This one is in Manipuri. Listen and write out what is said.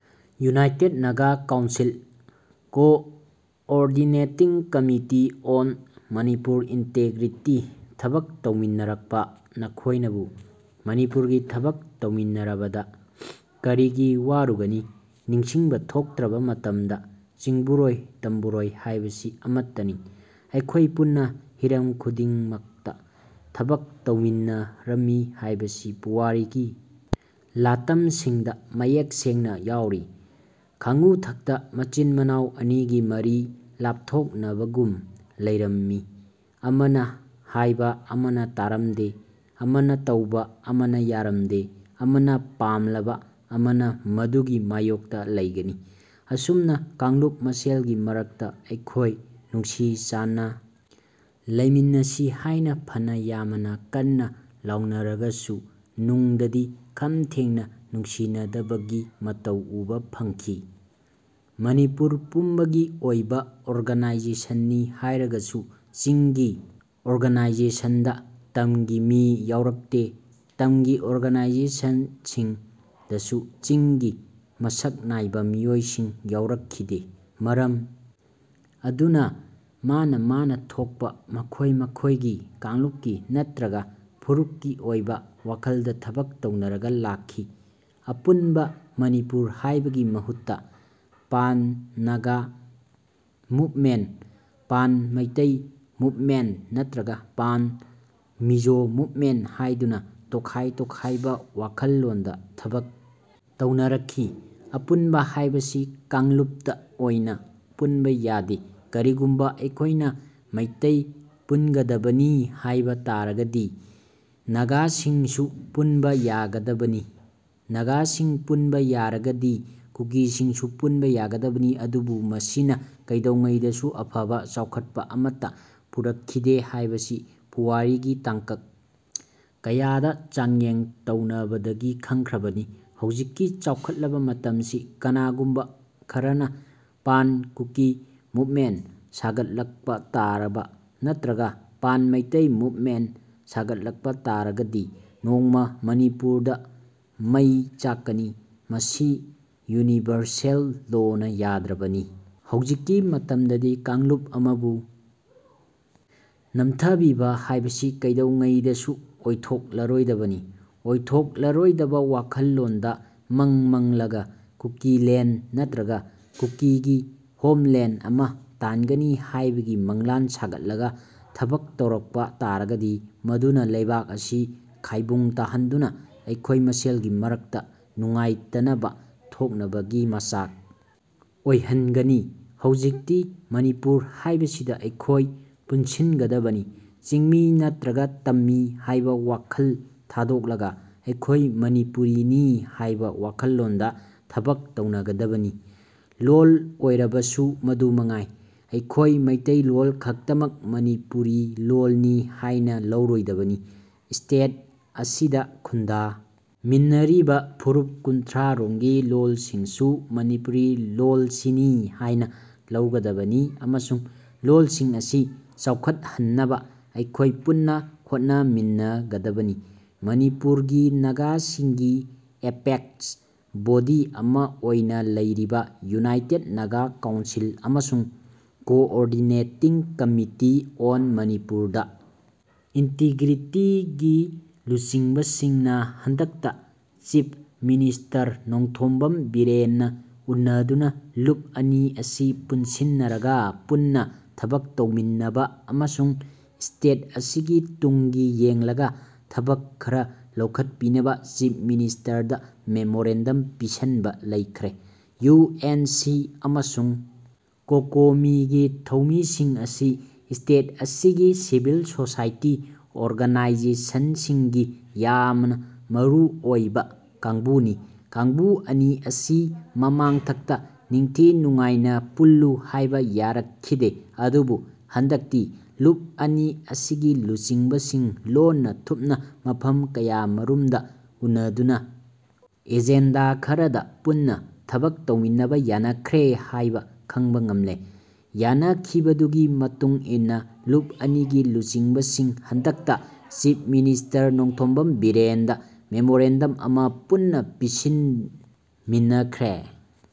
United Naga council, coordinating committee on Manipur integrity ꯊꯕꯛ ꯇꯧꯃꯤꯟꯅꯔꯛꯄ ꯅꯈꯣꯏꯅꯕꯨ ꯃꯅꯤꯄꯨꯔꯒꯤ ꯊꯕꯛ ꯇꯧꯃꯤꯟꯅꯔꯕꯗ ꯀꯔꯤꯒꯤ ꯋꯥꯔꯨꯒꯅꯤ ꯅꯤꯡꯁꯤꯡꯕ ꯊꯣꯛꯇ꯭ꯔꯕ ꯃꯇꯝꯗ ꯆꯤꯡꯕꯨꯔꯣꯏ ꯇꯝꯕꯨꯔꯣꯏ ꯍꯥꯏꯕꯁꯤ ꯑꯃꯠꯇꯅꯤ꯫ ꯑꯩꯈꯣꯏ ꯄꯨꯟꯅ ꯍꯤꯔꯝ ꯈꯨꯗꯤꯡ ꯃꯛꯇ ꯊꯕꯛ ꯇꯧꯃꯤꯟꯅ ꯔꯝꯃꯤ ꯍꯥꯏꯕꯁꯤ ꯄꯨꯋꯥꯔꯤꯒꯤ ꯂꯥꯇꯝꯁꯤꯡꯗ ꯃꯌꯦꯛ ꯁꯦꯡꯅ ꯌꯥꯎꯔꯤ꯫ ꯈꯥꯡꯉꯨꯊꯛꯇ ꯃꯆꯤꯟ-ꯃꯅꯥꯎ ꯑꯅꯤꯒꯤ ꯃꯔꯤ ꯂꯥꯞꯊꯣꯛ ꯅꯕꯒꯨꯝꯕ ꯂꯩꯔꯝ ꯃꯤ꯫ ꯑꯃꯅ ꯍꯥꯏꯕ ꯑꯃꯅ ꯇꯥꯔꯝꯗꯦ, ꯑꯃꯅ ꯇꯧꯕ ꯑꯃꯅ ꯌꯥꯔꯝꯗꯦ, ꯑꯃꯅ ꯄꯥꯝꯂꯕ ꯑꯃꯅ ꯃꯗꯨꯒꯤ ꯃꯥꯌꯣꯛꯇ ꯂꯩꯒꯅꯤ꯫ ꯑꯁꯨꯝꯅ ꯀꯥꯡꯂꯨꯞ ꯃꯁꯦꯜꯒꯤ ꯃꯔꯛꯇ ꯑꯩꯈꯣꯏ ꯅꯨꯡꯁꯤ ꯆꯥꯟꯅ ꯂꯩꯃꯤꯟꯅꯁꯤ ꯍꯥꯏꯅ ꯐꯅ ꯌꯥꯃꯅ ꯀꯟꯅ ꯂꯥꯎꯅꯔꯒꯁꯨ ꯅꯨꯡꯗꯗꯤ ꯈꯝ ꯊꯦꯡꯅ ꯅꯨꯡꯁꯤꯅꯗꯕꯒꯤ ꯃꯇꯧ ꯎꯕ ꯐꯪꯈꯤ꯫ ꯃꯅꯤꯄꯨꯔ ꯄꯨꯝꯕꯒꯤ ꯑꯣꯏꯕ ꯑꯣꯔꯒꯅꯥꯏꯖꯦꯁꯟꯅꯤ ꯍꯥꯏꯖꯔꯒꯁꯨ ꯆꯤꯡꯒꯤ ꯑꯣꯔꯒꯅꯥꯏꯖꯦꯁꯟꯗ ꯇꯝꯒꯤ ꯃꯤ ꯌꯥꯎꯔꯛꯇꯦ꯫ ꯇꯝꯒꯤ ꯑꯣꯔꯒꯅꯥꯏꯖꯦꯁꯟꯁꯤꯡ ꯗꯁꯨ ꯆꯤꯡꯒꯤ ꯃꯁꯛ ꯅꯥꯏꯕ ꯃꯤꯑꯣꯏꯁꯤꯡ ꯌꯥꯎꯔꯛ ꯈꯤꯗꯦ꯫ ꯃꯔꯝ ꯑꯗꯨꯅ ꯃꯥꯅꯥ ꯃꯥꯅꯥ ꯊꯣꯛꯄ ꯃꯈꯣꯏ ꯃꯈꯣꯏꯒꯤ ꯀꯥꯡꯂꯨꯞꯀꯤ ꯅꯠꯇ꯭ꯔꯒ ꯐꯨꯔꯨꯞꯀꯤ ꯑꯣꯏꯕ ꯋꯥꯈꯜꯗ ꯊꯕꯛ ꯇꯧꯅꯔꯒ ꯂꯥꯛꯈꯤ꯫ ꯑꯄꯨꯟꯕ ꯃꯅꯤꯄꯨꯔ ꯍꯥꯏꯕꯒꯤ ꯃꯍꯨꯠꯇ pan Naga movement, pan Meitei movement ꯅꯠꯇ꯭ꯔꯒ ꯄꯥꯟ ꯃꯤꯖꯣ ꯃꯨꯚꯃꯦꯟꯠ ꯍꯥꯏꯗꯨꯅ ꯇꯣꯈꯥꯏ ꯇꯣꯈꯥꯏꯕ ꯋꯥꯈꯜꯂꯣꯟꯗ ꯊꯕꯛ ꯇꯧꯅꯔꯛꯈꯤ꯫ ꯑꯄꯨꯟꯕ ꯍꯥꯏꯕꯁꯤ ꯀꯥꯡꯂꯨꯞꯇ ꯑꯣꯏꯅ ꯄꯨꯟꯕ ꯌꯥꯗꯦ꯫ ꯀꯔꯤꯒꯨꯝꯕ ꯑꯩꯈꯣꯏꯅ ꯃꯩꯇꯩ ꯄꯨꯟꯒꯗꯕꯅꯤ ꯍꯥꯏꯕ ꯇꯥꯔꯒꯗꯤ ꯅꯥꯒꯥꯁꯤꯡꯁꯨ ꯄꯨꯟꯕ ꯌꯥꯒꯗꯕꯅꯤ꯫ ꯅꯥꯒꯥꯁꯤꯡ ꯄꯨꯟꯕ ꯌꯥꯔꯒꯗꯤ ꯀꯨꯀꯤꯁꯤꯡꯁꯨ ꯄꯨꯟꯕ ꯌꯥꯒꯗꯕꯅꯤ꯫ ꯑꯗꯨꯕꯨ ꯃꯁꯤꯅ ꯀꯩꯗꯧꯉꯩꯗꯁꯨ ꯑꯐꯕ, ꯆꯥꯎꯈꯠꯄ ꯑꯃꯠꯇ ꯄꯨꯔꯛ ꯈꯤꯗꯦ ꯍꯥꯏꯕꯁꯤ ꯄꯨꯋꯥꯔꯤꯒꯤ ꯇꯥꯡꯀꯛ ꯀꯌꯥꯗ ꯆꯥꯡꯌꯦꯡ ꯇꯧꯅꯕꯗꯒꯤ ꯈꯪꯈ꯭ꯔꯕꯅꯤ꯫ ꯍꯧꯖꯤꯛꯀꯤ ꯆꯥꯎꯈꯠꯂꯕ ꯃꯇꯝꯁꯤ ꯀꯅꯥꯒꯨꯝꯕ ꯈꯔꯅ ꯄꯥꯟ ꯀꯨꯀꯤ ꯃꯨꯚꯃꯦꯟꯠ ꯁꯥꯒꯠ ꯂꯛꯄ ꯇꯥꯔꯕ ꯅꯠꯇ꯭ꯔꯒ ꯄꯥꯟ ꯃꯩꯇꯩ ꯃꯨꯚꯃꯦꯟꯠ ꯁꯥꯒꯠꯂꯛꯄ ꯇꯥꯔꯒꯗꯤ ꯅꯣꯡꯃꯥ ꯃꯅꯤꯄꯨꯔꯗ ꯃꯩ ꯆꯥꯛꯀꯅꯤ꯫ ꯃꯁꯤ ꯌꯨꯅꯤꯚꯔꯁꯦꯜ ꯂꯣꯅ ꯌꯥꯗ꯭ꯔꯕꯅꯤ꯫ ꯍꯧꯖꯤꯛꯀꯤ ꯃꯇꯝꯗꯗꯤ ꯀꯥꯡꯂꯨꯞ ꯑꯃꯕꯨ ꯅꯝꯊꯕꯤꯕ ꯍꯥꯏꯕꯁꯤ ꯀꯩꯗꯧꯉꯩꯗꯁꯨ ꯑꯣꯏꯊꯣꯛ ꯂꯔꯣꯏꯗꯕꯅꯤ꯫ ꯑꯣꯏꯊꯣꯛ ꯂꯔꯣꯏꯗꯕ ꯋꯥꯈꯜꯂꯣꯟꯗ ꯃꯪ ꯃꯪꯂꯒ ꯀꯨꯀꯤꯂꯦꯟꯗ ꯅꯠꯇ꯭ꯒ ꯀꯨꯀꯤꯒꯤ ꯍꯣꯝꯂꯦꯟꯗ ꯑꯃ ꯇꯥꯟꯒꯅꯤ ꯍꯥꯏꯕꯒꯤ ꯃꯪꯂꯥꯟ ꯁꯥꯒꯠꯂꯒ ꯊꯕꯛ ꯇꯧꯔꯛꯄ ꯇꯥꯔꯒꯗꯤ ꯃꯗꯨꯅ ꯂꯩꯕꯥꯛ ꯑꯁꯤ ꯈꯥꯏꯕꯨꯡ ꯇꯥꯍꯟꯗꯨꯅ ꯑꯩꯈꯣꯏ ꯃꯁꯦꯜꯒꯤ ꯃꯔꯛꯇ ꯅꯨꯡꯉꯥꯏꯇꯅꯕ ꯊꯣꯛꯅꯕꯒꯤ ꯃꯆꯥꯛ ꯑꯣꯏꯍꯟꯒꯅꯤ꯫ ꯍꯧꯖꯤꯛꯇꯤ ꯃꯅꯤꯄꯨꯔ ꯍꯥꯏꯕꯁꯤꯗ ꯑꯩꯈꯣꯏ ꯄꯨꯟ ꯁꯤꯟꯒꯗꯕꯅꯤ꯫ ꯆꯤꯡꯃꯤ ꯅꯠꯇ꯭ꯔꯒ ꯇꯝꯃꯤ ꯍꯥꯏꯕ ꯋꯥꯈꯜ ꯊꯥꯗꯣꯛꯂꯒ ꯑꯩꯈꯣꯏ ꯃꯅꯤꯄꯨꯔꯤꯅꯤ ꯍꯥꯏꯕ ꯋꯥꯈꯜꯂꯣꯟꯗ ꯊꯕꯛ ꯇꯧꯅꯒꯗꯕꯅꯤ꯫ ꯂꯣꯜ ꯑꯣꯏꯔꯕꯁꯨ ꯑꯗꯨ ꯃꯉꯥꯏ꯫ ꯑꯩꯈꯣꯏ ꯃꯩꯇꯩꯂꯣꯜ ꯈꯛꯇꯃꯛ ꯃꯅꯤꯄꯨꯔꯤ ꯂꯣꯜꯅꯤ ꯍꯥꯏꯅ ꯂꯧꯔꯣꯏꯗꯕꯅꯤ꯫ ꯏꯁꯇꯦꯠ ꯑꯁꯤꯗ ꯈꯨꯟꯗꯥ ꯃꯤꯟꯅꯔꯤꯕ ꯐꯨꯔꯨꯞ ꯀꯨꯟꯊ꯭ꯔ ꯔꯣꯝꯒꯤ ꯂꯣꯜꯁꯤꯡꯁꯨ ꯃꯅꯤꯄꯨꯔꯤ ꯂꯣꯜꯁꯤꯅꯤ ꯍꯥꯏꯅ ꯂꯧꯒꯗꯕꯅꯤ ꯑꯃꯁꯨꯡ ꯂꯣꯜꯁꯤꯡ ꯑꯁꯤ ꯆꯥꯎꯈꯠꯍꯟꯅꯕ ꯑꯩꯈꯣꯏ ꯄꯨꯟꯅ ꯍꯣꯠꯅ ꯃꯤꯟꯅ ꯒꯗꯕꯅꯤ꯫ ꯃꯅꯤꯄꯨꯔꯒꯤ ꯅꯥꯒꯥꯁꯤꯡꯒꯤ ꯑꯦꯄꯦꯛꯁ ꯕꯣꯗꯤ ꯑꯃ ꯑꯣꯏꯅ ꯂꯩꯔꯤꯕ ꯌꯨꯅꯥꯏꯇꯦꯗ ꯅꯥꯒꯥ ꯀꯥꯎꯟꯁꯤꯜ ꯑꯃꯁꯨꯡ ꯀꯣꯑꯣꯔꯗꯤꯅꯦꯇꯤꯡ ꯀꯝꯃꯤꯇꯤ ꯑꯣꯟ ꯃꯅꯤꯄꯨꯔꯗ ꯏꯟꯇꯤꯒꯔꯤꯇꯤ ꯒꯤ ꯂꯨꯆꯤꯡꯕꯁꯤꯡꯅ ꯍꯟꯗꯛꯇ ꯆꯤꯐ ꯃꯤꯅꯤꯁꯇꯔ ꯅꯣꯡꯊꯣꯝꯕꯝ ꯕꯤꯔꯦꯟꯅ ꯎꯟꯅꯗꯨꯅ ꯂꯨꯞ ꯑꯅꯤ ꯑꯁꯤ ꯄꯨꯟꯁꯤꯟꯅꯔꯒ ꯄꯨꯟꯅ ꯊꯕꯛ ꯇꯧꯃꯤꯟꯅꯕ ꯑꯃꯁꯨꯡ ꯏꯁꯇꯦꯠ ꯑꯁꯤꯒꯤ ꯇꯨꯡꯒꯤ ꯌꯦꯡꯂꯒ ꯊꯕꯛ ꯈꯔ ꯂꯧꯈꯠꯄꯤꯅꯕ ꯆꯤꯐ ꯃꯤꯅꯤꯁꯇꯔꯗ ꯃꯦꯃꯣꯔꯦꯟꯗꯝ ꯄꯤꯁꯤꯟꯕ ꯂꯩꯈ꯭ꯔꯦ꯫ ꯌꯨ ꯑꯦꯟ ꯁꯤ ꯑꯃꯁꯨꯡ ꯀꯣꯀꯣꯃꯤꯒꯤ ꯊꯧꯃꯤꯁꯤꯡ ꯑꯁꯤ ꯏꯁꯇꯦꯠ ꯑꯁꯤꯒꯤ ꯁꯤꯚꯤꯜ ꯁꯣꯁꯥꯏꯇꯤ ꯑꯣꯔꯒꯅꯥꯏꯖꯦꯁꯟꯁꯤꯡꯒꯤ ꯌꯥꯃꯅ ꯃꯔꯨ ꯑꯣꯏꯕ ꯀꯥꯡꯕꯨꯅꯤ꯫ ꯀꯥꯡꯕꯨ ꯑꯅꯤ ꯑꯁꯤ ꯃꯃꯥꯡꯊꯛꯇ ꯅꯤꯡꯊꯤ ꯅꯨꯡꯉꯥꯏꯅ ꯄꯨꯜꯂꯨ ꯍꯥꯏꯕ ꯌꯥꯔꯛ ꯈꯤꯗꯦ꯫ ꯑꯗꯨꯕꯨ ꯍꯟꯗꯛꯇꯤ ꯂꯨꯞ ꯑꯅꯤ ꯑꯁꯤꯒꯤ ꯂꯨꯆꯤꯡꯕꯁꯤꯡ ꯂꯣꯟꯅ-ꯊꯨꯞꯅ ꯃꯐꯝ ꯀꯌꯥ ꯃꯔꯨꯝꯗ ꯎꯟꯅꯗꯨꯅ ꯑꯦꯖꯦꯟꯗ ꯈꯔꯗ ꯄꯨꯟꯅ ꯊꯕꯛ ꯇꯧꯃꯤꯟꯅꯕ ꯌꯥꯅꯈ꯭ꯔꯦ ꯍꯥꯏꯕ ꯈꯪꯕ ꯉꯝꯂꯦ꯫ ꯌꯥꯟꯅ ꯈꯤꯕꯗꯨꯒꯤ ꯃꯇꯨꯡ ꯏꯟꯅ ꯂꯨꯞ ꯑꯅꯤꯒꯤ ꯂꯨꯆꯤꯡꯕꯁꯤꯡ ꯍꯟꯗꯛꯇ ꯆꯤꯐ ꯃꯤꯅꯤꯁꯇꯔ ꯅꯣꯡꯊꯣꯝꯕꯝ ꯕꯤꯔꯦꯟꯗ ꯃꯦꯃꯣꯔꯦꯟꯗꯝ ꯑꯃ ꯄꯨꯟꯅ ꯄꯤꯁꯤꯟ ꯃꯤꯟꯅꯈ꯭ꯔꯦ꯫